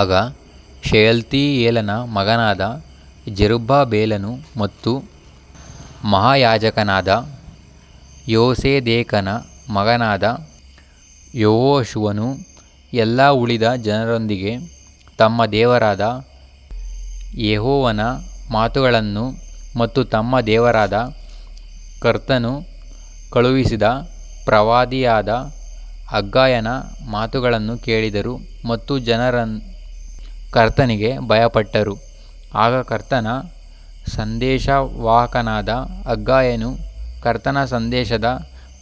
ಆಗ ಶೆಯಲ್ತೀಯೇಲನ ಮಗನಾದ ಜೆರುಬ್ಬಾಬೆಲನು ಮತ್ತು ಮಹಾಯಾಜಕನಾದ ಯೋಸೇದೇಕನ ಮಗನಾದ ಯೆಹೋಶುವನು ಎಲ್ಲಾ ಉಳಿದ ಜನರೊಂದಿಗೆ ತಮ್ಮ ದೇವರಾದ ಯೆಹೋವನ ಮಾತುಗಳನ್ನು ಮತ್ತು ತಮ್ಮ ದೇವರಾದ ಕರ್ತನು ಕಳುಹಿಸಿದ ಪ್ರವಾದಿಯಾದ ಹಗ್ಗಾಯನ ಮಾತುಗಳನ್ನು ಕೇಳಿದರು ಮತ್ತು ಜನರು ಕರ್ತನಿಗೆ ಭಯಪಟ್ಟರು. ಆಗ ಕರ್ತನ ಸಂದೇಶವಾಹಕನಾದ ಹಗ್ಗಾಯನು ಕರ್ತನ ಸಂದೇಶದ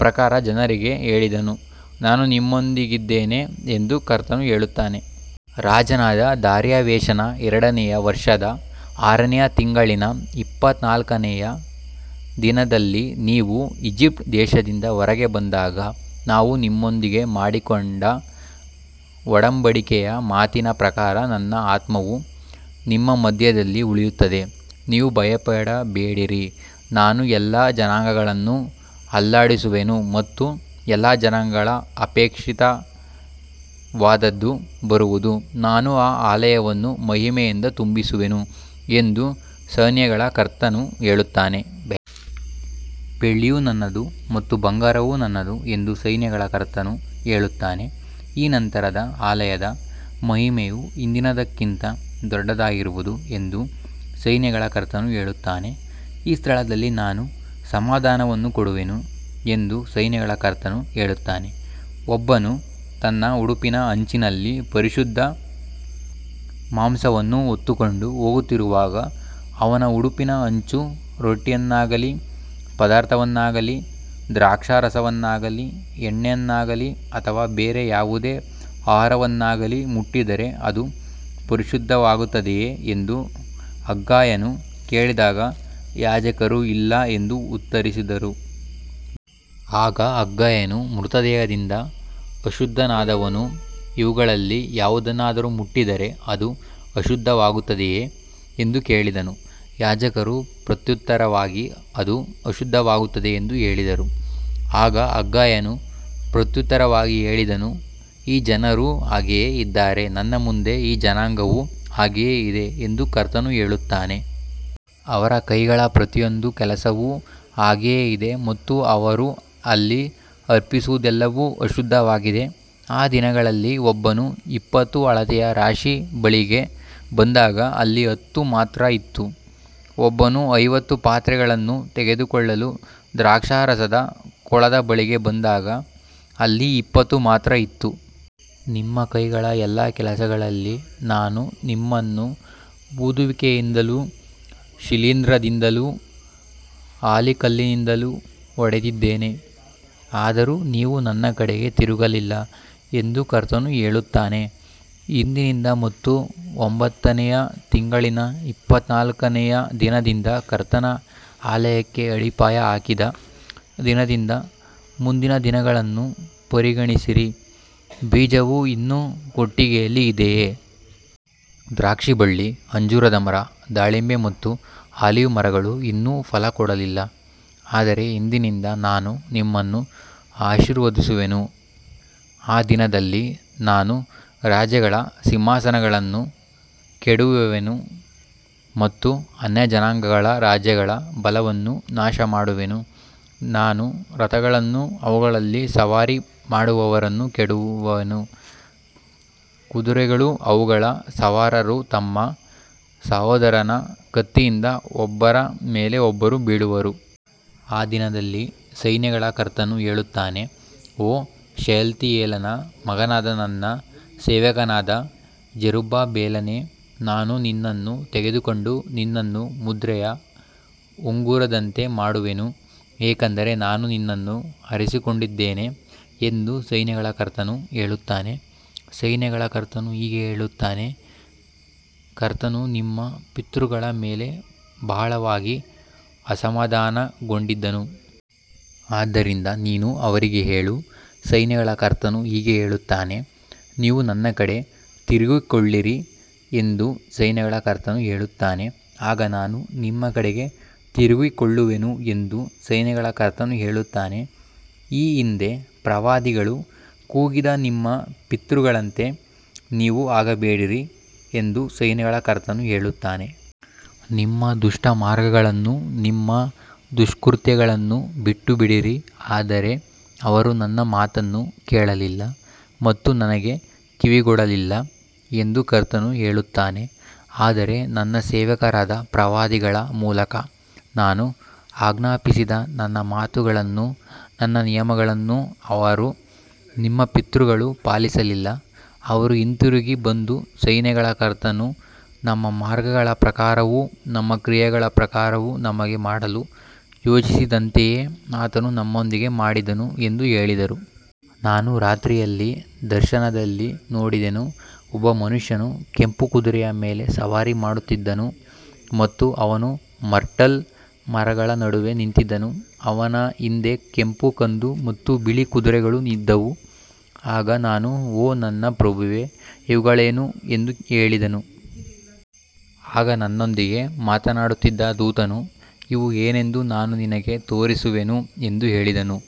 ಪ್ರಕಾರ ಜನರಿಗೆ ಹೇಳಿದನು, ನಾನು ನಿಮ್ಮೊಂದಿಗಿದ್ದೇನೆ ಎಂದು ಕರ್ತನು ಹೇಳುತ್ತಾನೆ. ರಾಜನಾದ ದಾರ್ಯಾವೇಶನ ಎರಡನೆಯ ವರ್ಷದ ಆರನೆಯ ತಿಂಗಳಿನ ಇಪ್ಪತ್ತನಾಲ್ಕನೆಯ ದಿನದಲ್ಲಿ, ನೀವು ಈಜಿಪ್ಟ್ ದೇಶದಿಂದ ಹೊರಗೆ ಬಂದಾಗ ನಾನು ನಿಮ್ಮೊಂದಿಗೆ ಮಾಡಿಕೊಂಡ ಒಡಂಬಡಿಕೆಯ ಮಾತಿನ ಪ್ರಕಾರ ನನ್ನ ಆತ್ಮವು ನಿಮ್ಮ ಮಧ್ಯದಲ್ಲಿ ಉಳಿಯುತ್ತದೆ, ನೀವು ಭಯಪಡಬೇಡಿರಿ. ನಾನು ಎಲ್ಲಾ ಜನಾಂಗಗಳನ್ನು ಅಲ್ಲಾಡಿಸುವೆನು ಮತ್ತು ಎಲ್ಲಾ ಜನಾಂಗಗಳ ಅಪೇಕ್ಷಿತವಾದದ್ದು ಬರುವುದು, ನಾನು ಈ ಆಲಯವನ್ನು ಮಹಿಮೆಯಿಂದ ತುಂಬಿಸುವೆನು ಎಂದು ಸೈನ್ಯಗಳ ಕರ್ತನು ಹೇಳುತ್ತಾನೆ. ಬೆಳ್ಳಿಯು ನನ್ನದು ಮತ್ತು ಬಂಗಾರವೂ ನನ್ನದು ಎಂದು ಸೈನ್ಯಗಳ ಕರ್ತನು ಹೇಳುತ್ತಾನೆ. ಈ ನಂತರದ ಆಲಯದ ಮಹಿಮೆಯು ಹಿಂದಿನದಕ್ಕಿಂತ ದೊಡ್ಡದಾಗಿರುವುದು ಎಂದು ಸೈನ್ಯಗಳ ಕರ್ತನು ಹೇಳುತ್ತಾನೆ. ಈ ಸ್ಥಳದಲ್ಲಿ ನಾನು ಸಮಾಧಾನವನ್ನು ಕೊಡುವೆನು ಎಂದು ಸೈನ್ಯಗಳ ಕರ್ತನು ಹೇಳುತ್ತಾನೆ. ಒಬ್ಬನು ತನ್ನ ಉಡುಪಿನ ಅಂಚಿನಲ್ಲಿ ಪರಿಶುದ್ಧ ಮಾಂಸವನ್ನು ಹೊತ್ತುಕೊಂಡು ಹೋಗುತ್ತಿರುವಾಗ, ಅವನ ಉಡುಪಿನ ಅಂಚು ರೊಟ್ಟಿಯನ್ನಾಗಲಿ, ಪದಾರ್ಥವನ್ನಾಗಲಿ, ದ್ರಾಕ್ಷಾರಸವನ್ನಾಗಲಿ, ಎಣ್ಣೆಯನ್ನಾಗಲಿ ಅಥವಾ ಬೇರೆ ಯಾವುದೇ ಆಹಾರವನ್ನಾಗಲಿ ಮುಟ್ಟಿದರೆ ಅದು ಪರಿಶುದ್ಧವಾಗುತ್ತದೆಯೇ ಎಂದು ಹಗ್ಗಾಯನು ಕೇಳಿದಾಗ ಯಾಜಕರು ಇಲ್ಲ ಎಂದು ಉತ್ತರಿಸಿದರು. ಆಗ ಹಗ್ಗಾಯನು, ಮೃತದೇಹದಿಂದ ಅಶುದ್ಧನಾದವನು ಇವುಗಳಲ್ಲಿ ಯಾವುದನ್ನಾದರೂ ಮುಟ್ಟಿದರೆ ಅದು ಅಶುದ್ಧವಾಗುತ್ತದೆಯೇ ಎಂದು ಕೇಳಿದನು. ಯಾಜಕರು ಪ್ರತ್ಯುತ್ತರವಾಗಿ ಅದು ಅಶುದ್ಧವಾಗುತ್ತದೆ ಎಂದು ಹೇಳಿದರು. ಆಗ ಹಗ್ಗಾಯನು ಪ್ರತ್ಯುತ್ತರವಾಗಿ ಹೇಳಿದನು, ಈ ಜನರೂ ಹಾಗೆಯೇ ಇದ್ದಾರೆ, ನನ್ನ ಮುಂದೆ ಈ ಜನಾಂಗವೂ ಹಾಗೆಯೇ ಇದೆ ಎಂದು ಕರ್ತನು ಹೇಳುತ್ತಾನೆ. ಅವರ ಕೈಗಳ ಪ್ರತಿಯೊಂದು ಕೆಲಸವೂ ಹಾಗೆಯೇ ಇದೆ ಮತ್ತು ಅವರು ಅಲ್ಲಿ ಅರ್ಪಿಸುವುದೆಲ್ಲವೂ ಅಶುದ್ಧವಾಗಿದೆ. ಆ ದಿನಗಳಲ್ಲಿ ಒಬ್ಬನು ಇಪ್ಪತ್ತು ಅಳತೆಯ ರಾಶಿಯ ಬಳಿಗೆ ಬಂದಾಗ ಅಲ್ಲಿ ಹತ್ತು ಮಾತ್ರ ಇತ್ತು. ಒಬ್ಬನು ಐವತ್ತು ಪಾತ್ರೆಗಳನ್ನು ತೆಗೆದುಕೊಳ್ಳಲು ದ್ರಾಕ್ಷಾರಸದ ಕೊಳದ ಬಳಿಗೆ ಬಂದಾಗ ಅಲ್ಲಿ ಇಪ್ಪತ್ತು ಮಾತ್ರ ಇತ್ತು. ನಿಮ್ಮ ಕೈಗಳ ಎಲ್ಲಾ ಕೆಲಸಗಳಲ್ಲಿ ನಾನು ನಿಮ್ಮನ್ನು ಊದುವಿಕೆಯಿಂದಲೂ ಶಿಲೀಂಧ್ರದಿಂದಲೂ ಆಲಿಕಲ್ಲಿನಿಂದಲೂ ಹೊಡೆದಿದ್ದೇನೆ, ಆದರೂ ನೀವು ನನ್ನ ಕಡೆಗೆ ತಿರುಗಲಿಲ್ಲ ಎಂದು ಕರ್ತನು ಹೇಳುತ್ತಾನೆ. ಇಂದಿನಿಂದ ಮತ್ತು ಒಂಬತ್ತನೆಯ ತಿಂಗಳಿನ ಇಪ್ಪತ್ತನಾಲ್ಕನೆಯ ದಿನದಿಂದ, ಕರ್ತನ ಆಲಯಕ್ಕೆ ಅಡಿಪಾಯ ಹಾಕಿದ ದಿನದಿಂದ ಮುಂದಿನ ದಿನಗಳನ್ನು ಪರಿಗಣಿಸಿರಿ. ಬೀಜವು ಇನ್ನೂ ಕೊಟ್ಟಿಗೆಯಲ್ಲಿ ಇದೆಯೇ? ದ್ರಾಕ್ಷಿಬಳ್ಳಿ, ಅಂಜೂರದ ಮರ, ದಾಳಿಂಬೆ ಮತ್ತು ಆಲಿವ್ ಮರಗಳು ಇನ್ನೂ ಫಲ ಕೊಡಲಿಲ್ಲ. ಆದರೆ ಇಂದಿನಿಂದ ನಾನು ನಿಮ್ಮನ್ನು ಆಶೀರ್ವದಿಸುವೆನು. ಆ ದಿನದಲ್ಲಿ ನಾನು ರಾಜ್ಯಗಳ ಸಿಂಹಾಸನಗಳನ್ನು ಕೆಡವುವೆನು ಮತ್ತು ಅನ್ಯಜನಾಂಗಗಳ ರಾಜ್ಯಗಳ ಬಲವನ್ನು ನಾಶಮಾಡುವೆನು. ನಾನು ರಥಗಳನ್ನೂ ಅವುಗಳಲ್ಲಿ ಸವಾರಿ ಮಾಡುವವರನ್ನೂ ಕೆಡವುವೆನು. ಕುದುರೆಗಳೂ ಅವುಗಳ ಸವಾರರೂ ತಮ್ಮ ತಮ್ಮ ಸಹೋದರನ ಕತ್ತಿಯಿಂದ ಒಬ್ಬರ ಮೇಲೆ ಒಬ್ಬರು ಬೀಳುವರು. ಆ ದಿನದಲ್ಲಿ ಸೈನ್ಯಗಳ ಕರ್ತನು ಹೇಳುತ್ತಾನೆ, ಓ ಶೆಯಲ್ತೀಯೇಲನ ಮಗನಾದ ನನ್ನ ಸೇವಕನಾದ ಜೆರುಬ್ಬಾಬೆಲನೇ, ನಾನು ನಿನ್ನನ್ನು ತೆಗೆದುಕೊಂಡು ನಿನ್ನನ್ನು ಮುದ್ರೆಯ ಉಂಗುರದಂತೆ ಮಾಡುವೆನು, ಏಕೆಂದರೆ ನಾನು ನಿನ್ನನ್ನು ಆರಿಸಿಕೊಂಡಿದ್ದೇನೆ ಎಂದು ಸೈನ್ಯಗಳ ಕರ್ತನು ಹೇಳುತ್ತಾನೆ. ಸೈನ್ಯಗಳ ಕರ್ತನು ಹೀಗೆ ಹೇಳುತ್ತಾನೆ, ಕರ್ತನು ನಿಮ್ಮ ಪಿತೃಗಳ ಮೇಲೆ ಬಹಳವಾಗಿ ಅಸಮಾಧಾನಗೊಂಡಿದ್ದನು. ಆದ್ದರಿಂದ ನೀನು ಅವರಿಗೆ ಹೇಳು, ಸೈನ್ಯಗಳ ಕರ್ತನು ಹೀಗೆ ಹೇಳುತ್ತಾನೆ, ನೀವು ನನ್ನ ಕಡೆಗೆ ತಿರುಗಿಕೊಳ್ಳಿರಿ ಎಂದು ಸೈನ್ಯಗಳ ಕರ್ತನು ಹೇಳುತ್ತಾನೆ, ಆಗ ನಾನು ನಿಮ್ಮ ಕಡೆಗೆ ತಿರುಗಿಕೊಳ್ಳುವೆನು ಎಂದು ಸೈನ್ಯಗಳ ಕರ್ತನು ಹೇಳುತ್ತಾನೆ. ಈ ಹಿಂದೆ ಪ್ರವಾದಿಗಳು ಕೂಗಿದ ನಿಮ್ಮ ಪಿತೃಗಳಂತೆ ನೀವೂ ಆಗಬೇಡಿರಿ ಎಂದು ಸೈನ್ಯಗಳ ಕರ್ತನು ಹೇಳುತ್ತಾನೆ. ನಿಮ್ಮ ದುಷ್ಟ ಮಾರ್ಗಗಳನ್ನೂ ನಿಮ್ಮ ದುಷ್ಕೃತ್ಯಗಳನ್ನೂ ಬಿಟ್ಟುಬಿಡಿರಿ. ಆದರೆ ಅವರು ನನ್ನ ಮಾತನ್ನು ಕೇಳಲಿಲ್ಲ ಮತ್ತು ನನಗೆ ಕಿವಿಗೊಡಲಿಲ್ಲ ಎಂದು ಕರ್ತನು ಹೇಳುತ್ತಾನೆ. ಆದರೆ ನನ್ನ ಸೇವಕರಾದ ಪ್ರವಾದಿಗಳ ಮೂಲಕ ನಾನು ಆಜ್ಞಾಪಿಸಿದ ನನ್ನ ಮಾತುಗಳನ್ನೂ ನನ್ನ ನಿಯಮಗಳನ್ನೂ ಅವರು ನಿಮ್ಮ ಪಿತೃಗಳು ಪಾಲಿಸಲಿಲ್ಲ. ಅವರು ಹಿಂತಿರುಗಿ ಬಂದು, ಸೈನ್ಯಗಳ ಕರ್ತನು ನಮ್ಮ ಮಾರ್ಗಗಳ ಪ್ರಕಾರವೂ ನಮ್ಮ ಕ್ರಿಯೆಗಳ ಪ್ರಕಾರವೂ ನಮಗೆ ಮಾಡಲು ಯೋಚಿಸಿದಂತೆಯೇ ಆತನು ನಮ್ಮೊಂದಿಗೆ ಮಾಡಿದನು ಎಂದು ಹೇಳಿದರು. ನಾನು ರಾತ್ರಿಯಲ್ಲಿ ದರ್ಶನದಲ್ಲಿ ನೋಡಿದೆನು. ಒಬ್ಬ ಮನುಷ್ಯನು ಕೆಂಪು ಕುದುರೆಯ ಮೇಲೆ ಸವಾರಿ ಮಾಡುತ್ತಿದ್ದನು ಮತ್ತು ಅವನು ಮರ್ಟಲ್ ಮರಗಳ ನಡುವೆ ನಿಂತಿದ್ದನು. ಅವನ ಹಿಂದೆ ಕೆಂಪು, ಕಂದು ಮತ್ತು ಬಿಳಿ ಕುದುರೆಗಳು ಇದ್ದವು. ಆಗ ನಾನು, ಓ ನನ್ನ ಪ್ರಭುವೇ, ಇವುಗಳೇನು ಎಂದು ಕೇಳಿದೆನು. ಆಗ ನನ್ನೊಂದಿಗೆ ಮಾತನಾಡುತ್ತಿದ್ದ ದೂತನು, ಇವು ಏನೆಂದು ನಾನು ನಿನಗೆ ತೋರಿಸುವೆನು ಎಂದು ಹೇಳಿದನು.